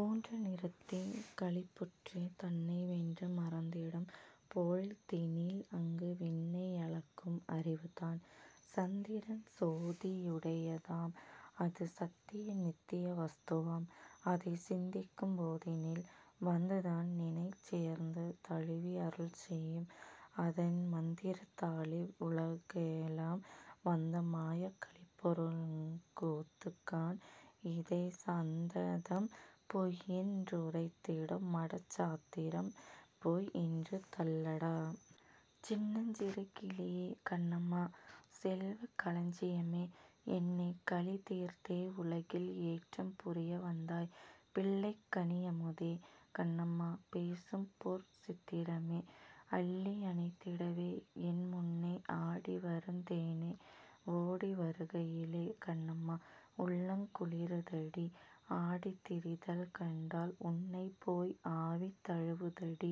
ஊன்ற நிறுத்திக் களிப்புற்றே தன்னை வென்று மறந்திடும் போழ்தினில் அங்கு விண்ணை யளக்கும் அறிவுதான்! சந்திரன் சோதி யுடையதாம்; அது சத்திய நித்திய வஸ்துவாம்; அதைச் சிந்திக்கும் போதினில் வந்துதான் நினைச் சேர்ந்து தழுவி அருள்செயும் -; அதன் மந்திரத் தாலிவ் வுலகெலாம் வந்த மாயக் களிப்பொருங் கூத்துக்காண் -'இதைச் சந்ததம் பொய்யென் றுரைத்திடும் மடச் சாத்திரம் பொய் யென்று தள்ளடா! சின்னஞ் சிறு கிளியே, கண்ணம்மா! செல்வக் களஞ்சியமே! என்னைக் கலி தீர்த்தே உலகில் ஏற்றம் புரிய வந்தாய்! பிள்ளைக் கனியமுதே கண்ணம்மா பேசும்பொற் சித்திரமே! அள்ளி யணைத்திடவே என் முன்னே ஆடி வருந் தேனே!. ஓடி வருகையிலே கண்ணம்மா! உள்ளங் குளிரு தடீ! ஆடித்திரிதல் கண்டால் உன்னைப்போய் ஆவி தழுவு தடீ!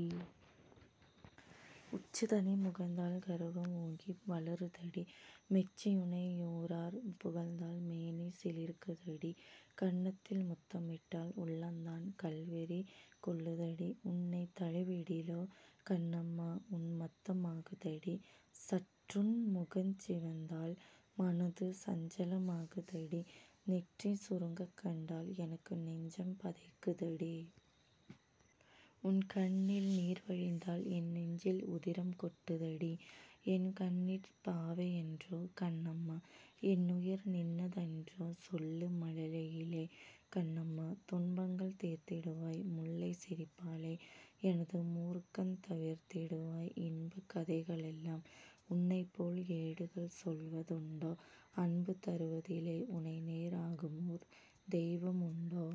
உச்சி தனை முகந்தால் கருவம் ஓங்கி வளரு தடீ! மெச்சி யுனை யூரார் புகழ்ந்தால் மேனி சிலிர்க்குதடீ! கன்னத்தில் முத்தமிட்டால் உள்ளந்தான் கள்வெறி கொள்ளு தடீ! உன்னைத் தழுவிடிலோ கண்ணம்மா! உன்மத்த மாகுதடீ! சற்றுன் முகஞ் சிவந்தால் மனது சஞ்சல மாகு தடீ! நெற்றி சுருங்கக் கண்டால் எனக்கு நெஞ்சம் பதைக்கு தடீ! உன்கண்ணில் நீர்வழிந்தால் என்நெஞ்சில் உதிரம் கொட்டு தடீ! என்கண்ணிற் பாவையன்றோ? கண்ணம்மா! என்னுயிர் நின்ன தன்றோ? சொல்லு மழலையிலே கண்ணம்மா! துன்பங்கள் தீர்த்திடு வாய்; முல்லைச் சிரிப்பாலே எனது மூர்க்கந் தவிர்த்திடு வாய். இன்பக் கதைகளெல்லாம் உன்னைப்போல் ஏடுகள் சொல்வ துண்டோ? அன்பு தருவதிலே உனைநேர் ஆகுமோர் தெய்வ முண்டோ?